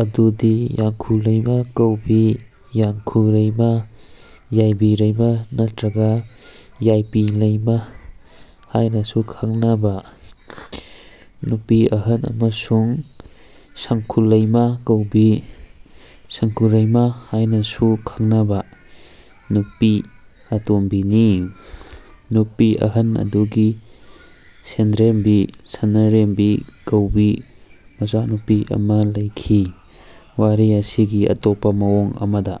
ꯑꯗꯨꯗꯤ ꯌꯥꯡꯈꯨꯂꯩꯃ ꯀꯧꯕꯤ (ꯌꯥꯡꯈꯨꯔꯩꯃ, ꯌꯥꯏꯕꯤꯔꯩꯃ ꯅꯠꯇ꯭ꯔꯒ ꯌꯥꯏꯄꯤꯂꯩꯃ ꯍꯥꯢꯅꯁꯨ ꯈꯪꯅꯕ) ꯅꯨꯄꯤ ꯑꯍꯜ ꯑꯃꯁꯨꯡ ꯁꯪꯈꯨꯂꯩꯃ ꯀꯧꯕꯤ (ꯁꯪꯈꯨꯔꯩꯃ ꯍꯥꯢꯅꯁꯨ ꯈꯪꯅꯕ) ꯅꯨꯄꯤ ꯑꯇꯣꯝꯕꯤꯅꯤ꯫ ꯅꯨꯄꯤ ꯑꯍꯜ ꯑꯗꯨꯒꯤ ꯁꯟꯗ꯭ꯔꯦꯝꯕꯤ (ꯁꯅꯔꯦꯝꯕꯤ) ꯀꯧꯕꯤ ꯃꯆꯥꯅꯨꯄꯤ ꯑꯃ ꯂꯩꯈꯤ (ꯋꯥꯔꯤ ꯑꯁꯤꯒꯤ ꯑꯇꯣꯞꯄ ꯃꯑꯣꯡ ꯑꯃꯗ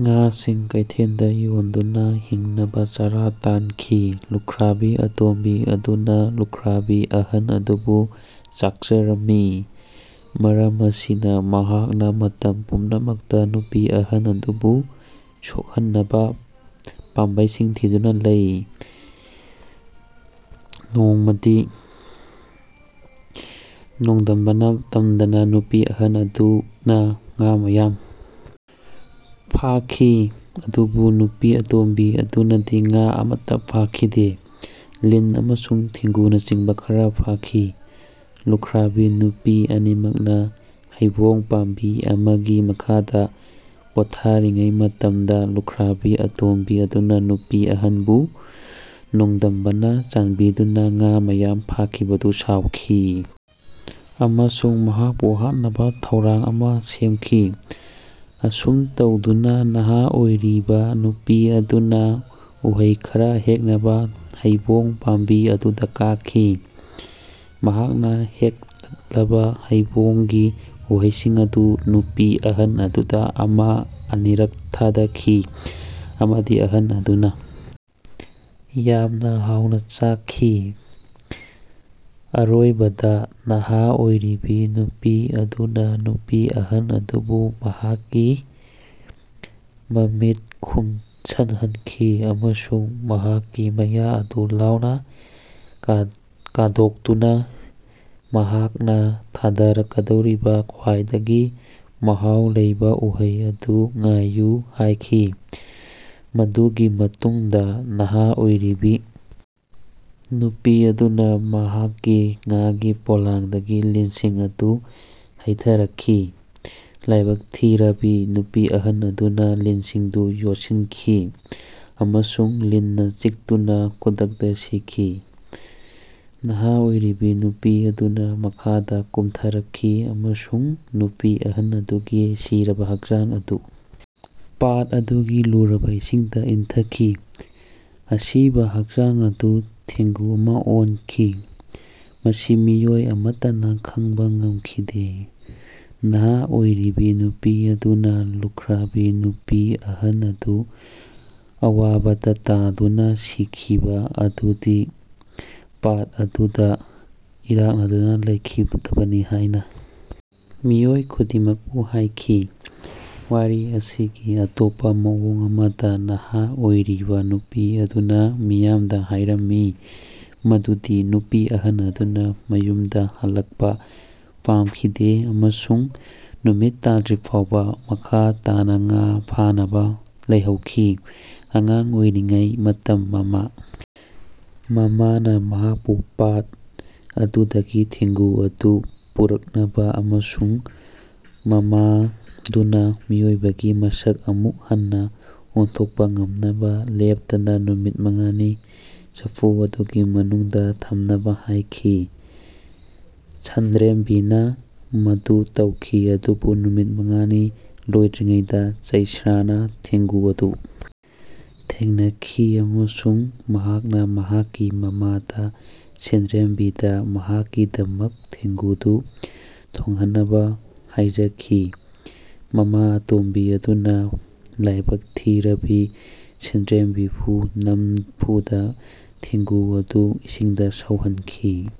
ꯉꯥꯁꯤꯡ ꯀꯩꯊꯦꯜꯗ ꯌꯣꯟꯗꯨꯅ ꯍꯤꯡꯅꯕ ꯆꯔꯥ ꯇꯥꯟꯈꯤ꯫ ꯂꯨꯈ꯭ꯔꯥꯕꯤ ꯑꯇꯣꯝꯕꯤ ꯑꯗꯨꯅ ꯂꯨꯈ꯭ꯔꯥꯕꯤ ꯑꯍꯜ ꯑꯗꯨꯕꯨ ꯆꯥꯛꯆꯔꯝꯃꯤ꯫ ꯃꯔꯝ ꯑꯁꯤꯅ ꯃꯍꯥꯛꯅ ꯃꯇꯝ ꯄꯨꯝꯅꯃꯛꯇ ꯅꯨꯄꯤ ꯑꯍꯜ ꯑꯗꯨꯕꯨ ꯁꯣꯛꯍꯟꯅꯕ ꯄꯥꯝꯕꯩꯁꯤꯡ ꯊꯤꯗꯨꯅ ꯂꯩ꯫ ꯅꯣꯡꯃꯗꯤ ꯅꯣꯡꯗꯝꯕꯅ ꯇꯝꯗꯅ ꯅꯨꯄꯤ ꯑꯍꯜ ꯑꯗꯨꯅ ꯉꯥ ꯃꯌꯥꯝ ꯐꯥꯈꯤ ꯑꯗꯨꯕꯨ ꯅꯨꯄꯤ ꯑꯇꯣꯝꯕꯤ ꯑꯗꯨꯅꯗꯤ ꯉꯥ ꯑꯃꯠꯇ ꯐꯥꯈꯤꯗꯦ, ꯂꯤꯟ ꯑꯃꯁꯨꯡ ꯊꯦꯡꯒꯨꯅꯆꯤꯡꯕ ꯈꯔ ꯐꯥꯈꯤ꯫ ꯂꯨꯈ꯭ꯔꯥꯕꯤ ꯅꯨꯄꯤ ꯑꯅꯤꯃꯛꯅ ꯍꯩꯕꯣꯡ ꯄꯥꯝꯕꯤ ꯑꯃꯒꯤ ꯃꯈꯥꯗ ꯄꯣꯊꯥꯔꯤꯉꯩ ꯃꯇꯝꯗ ꯂꯨꯈ꯭ꯔꯥꯕꯤ ꯑꯇꯣꯝꯕꯤ ꯑꯗꯨꯅ ꯅꯨꯄꯤ ꯑꯍꯜꯕꯨ ꯅꯣꯡꯗꯝꯕꯅ ꯆꯥꯟꯕꯤꯗꯨꯅ ꯉꯥ ꯃꯌꯥꯝ ꯐꯥꯈꯤꯕꯗꯨ ꯁꯥꯎꯈꯤ ꯑꯃꯁꯨꯡ ꯃꯍꯥꯛꯄꯨ ꯍꯥꯠꯅꯕ ꯊꯧꯔꯥꯡ ꯑꯃ ꯁꯦꯝꯈꯤ꯫ ꯑꯁꯨꯝ ꯇꯧꯗꯨꯅ ꯅꯍꯥ ꯑꯣꯏꯔꯤꯕ ꯅꯨꯄꯤ ꯑꯗꯨꯅ ꯎꯍꯩ ꯈꯔ ꯍꯦꯛꯅꯕ ꯍꯩꯕꯣꯡ ꯄꯥꯝꯕꯤ ꯑꯗꯨꯗ ꯀꯥꯈꯤ꯫ ꯃꯍꯥꯛꯅ ꯍꯦꯛꯇꯠꯂꯕ ꯍꯩꯕꯣꯡꯒꯤ ꯎꯍꯩꯁꯤꯡ ꯑꯗꯨ ꯅꯨꯄꯤ ꯑꯍꯜ ꯑꯗꯨꯗ ꯑꯃ ꯑꯅꯤꯔꯛ ꯊꯥꯗꯈꯤ ꯑꯃꯗꯤ ꯑꯍꯜ ꯑꯗꯨꯅ ꯌꯥꯝꯅ ꯍꯥꯎꯅ ꯆꯥꯈꯤ꯫ ꯑꯔꯣꯢꯕꯗ, ꯅꯍꯥ ꯑꯣꯢꯔꯤꯕꯤ ꯅꯨꯄꯤ ꯑꯗꯨꯅ ꯅꯨꯄꯤ ꯑꯍꯜ ꯑꯗꯨꯕꯨ ꯃꯍꯥꯛꯀꯤ ꯃꯃꯤꯠ ꯈꯨꯝꯁꯤꯟꯍꯟꯈꯤ ꯑꯃꯁꯨꯡ ꯃꯍꯥꯛꯀꯤ ꯃꯌꯥ ꯑꯗꯨ ꯂꯥꯎꯅ ꯀꯥꯗꯣꯛꯇꯨꯅ ꯃꯍꯥꯛꯅ ꯊꯥꯊꯔꯛꯀꯗꯧꯔꯤꯕ ꯈ꯭ꯋꯥꯢꯗꯒꯤ ꯃꯍꯥꯎ ꯂꯩꯕ ꯎꯍꯩ ꯑꯗꯨ ꯉꯥꯢꯌꯨ ꯍꯥꯢꯈꯤ꯫ ꯃꯗꯨꯒꯤ ꯃꯇꯨꯡꯗ ꯅꯍꯥ ꯑꯣꯢꯔꯤꯕꯤ ꯅꯨꯄꯤ ꯑꯗꯨꯅ ꯃꯍꯥꯛꯀꯤ ꯉꯥꯒꯤ ꯄꯣꯂꯥꯡꯗꯒꯤ ꯂꯤꯟꯁꯤꯡ ꯑꯗꯨ ꯍꯩꯊꯔꯛꯈꯤ꯫ ꯂꯥꯢꯕꯛ ꯊꯤꯔꯕꯤ ꯅꯨꯄꯤ ꯑꯍꯜ ꯑꯗꯨꯅ ꯂꯤꯟꯁꯤꯡꯗꯨ ꯌꯣꯠꯁꯤꯟꯈꯤ ꯑꯃꯁꯨꯡ ꯂꯤꯟꯅ ꯆꯤꯛꯇꯨꯅ ꯈꯨꯗꯛꯇ ꯁꯤꯈꯤ꯫ ꯅꯍꯥ ꯑꯣꯢꯔꯤꯕꯤ ꯅꯨꯄꯤ ꯑꯗꯨꯅ ꯃꯈꯥꯗ ꯀꯨꯝꯊꯔꯛꯈꯤ ꯑꯃꯁꯨꯡ ꯅꯨꯄꯤ ꯑꯍꯜ ꯑꯗꯨꯒꯤ ꯁꯤꯔꯕ ꯍꯛꯆꯥꯡ ꯑꯗꯨ ꯄꯥꯠ ꯑꯗꯨꯒꯤ ꯂꯨꯔꯕ ꯏꯁꯤꯡꯗ ꯏꯟꯊꯈꯤ꯫ ꯑꯁꯤꯕ ꯍꯛꯆꯥꯡ ꯑꯗꯨ ꯊꯦꯡꯒꯨ ꯑꯃ ꯑꯣꯟꯈꯤ꯫ ꯃꯁꯤ ꯃꯤꯑꯣꯢ ꯑꯃꯠꯇꯅ ꯈꯪꯕ ꯉꯝꯈꯤꯗꯦ꯫ ꯅꯍꯥ ꯑꯣꯢꯔꯤꯕꯤ ꯅꯨꯄꯤ ꯑꯗꯨꯅ ꯂꯨꯈ꯭ꯔꯥꯕꯤ ꯅꯨꯄꯤ ꯑꯍꯜ ꯑꯗꯨ ꯑꯋꯥꯕꯗ ꯇꯥꯗꯨꯅ ꯁꯤꯈꯤꯕ ꯑꯗꯨꯗꯤ ꯄꯥꯠ ꯑꯗꯨꯗ ꯏꯔꯥꯛꯅꯗꯨꯅ ꯂꯩꯈꯤꯗꯕꯅꯤ ꯍꯥꯢꯅ ꯃꯤꯑꯣꯏ ꯈꯨꯗꯤꯡꯃꯛꯄꯨ ꯍꯥꯏꯈꯤ꯫ ꯋꯥꯔꯤ ꯑꯁꯤꯒꯤ ꯑꯇꯣꯞꯄ ꯃꯑꯣꯡ ꯑꯃꯗ ꯅꯍꯥ ꯑꯣꯏꯔꯤꯕ ꯅꯨꯄꯤ ꯑꯗꯨꯅ ꯃꯤꯌꯥꯝꯗ ꯍꯥꯏꯔꯝꯃꯤ ꯃꯗꯨꯗꯤ ꯅꯨꯄꯤ ꯑꯍꯜ ꯑꯗꯨꯅ ꯌꯨꯝꯗ ꯍꯜꯂꯛꯄ ꯄꯥꯝꯈꯤꯗꯦ ꯑꯃꯁꯨꯡ ꯅꯨꯃꯤꯠ ꯇꯥꯗ꯭ꯔꯤꯐꯥꯎꯕ ꯃꯈꯥ ꯇꯥꯅ ꯉꯥ ꯐꯥꯅꯕ ꯂꯩꯍꯧꯈꯤ꯫ ꯑꯉꯥꯡ ꯑꯣꯢꯔꯤꯉꯩ ꯃꯇꯝ ꯃꯃꯥ ꯃꯃꯥꯅ ꯃꯍꯥꯛꯄꯨ ꯄꯥꯠ ꯑꯗꯨꯗꯒꯤ ꯊꯦꯡꯒꯨ ꯑꯗꯨ ꯄꯨꯔꯛꯅꯕ ꯑꯃꯁꯨꯡ ꯃꯃꯥꯗꯨꯅ ꯃꯤꯑꯣꯢꯕꯒꯤ ꯃꯁꯛ ꯑꯃꯨꯛ ꯍꯟꯅ ꯑꯣꯟꯊꯣꯛꯄ ꯉꯝꯅꯕ ꯂꯦꯞꯇꯅ ꯅꯨꯃꯤꯠ ꯃꯉꯥꯅꯤ ꯆꯐꯨ ꯑꯃꯒꯤ ꯃꯅꯨꯡꯗ ꯊꯝꯅꯕ ꯍꯥꯢꯈꯤ꯫ ꯁꯟꯗ꯭ꯔꯦꯝꯕꯤꯅ ꯃꯗꯨ ꯇꯧꯈꯤ ꯑꯗꯨꯕꯨ ꯅꯨꯃꯤꯠ ꯃꯉꯥꯅꯤ ꯂꯣꯢꯗ꯭ꯔꯤꯉꯩꯗ ꯆꯩꯁ꯭ꯔꯥꯅ ꯊꯦꯡꯒꯨ ꯑꯗꯨ ꯊꯦꯡꯅꯈꯤ ꯑꯃꯁꯨꯡ ꯃꯍꯥꯛꯅ ꯃꯍꯥꯛꯀꯤ ꯃꯃꯥꯗ ꯁꯟꯗ꯭ꯔꯦꯝꯕꯤꯗ ꯃꯍꯥꯛꯀꯤꯗꯃꯛ ꯊꯦꯡꯒꯨꯗꯨ ꯊꯣꯡꯍꯟꯅꯕ ꯍꯥꯢꯖꯈꯤ꯫ ꯃꯃꯥ ꯑꯇꯣꯝꯕꯤ ꯑꯗꯨꯅ ꯂꯥꯢꯕꯛ ꯊꯤꯔꯕꯤ ꯁꯟꯗ꯭ꯔꯦꯝꯕꯤꯕꯨ ꯅꯝꯐꯨꯗ ꯊꯦꯡꯒꯨ ꯑꯗꯨ ꯏꯁꯤꯡꯗ ꯁꯧꯍꯟꯈꯤ꯫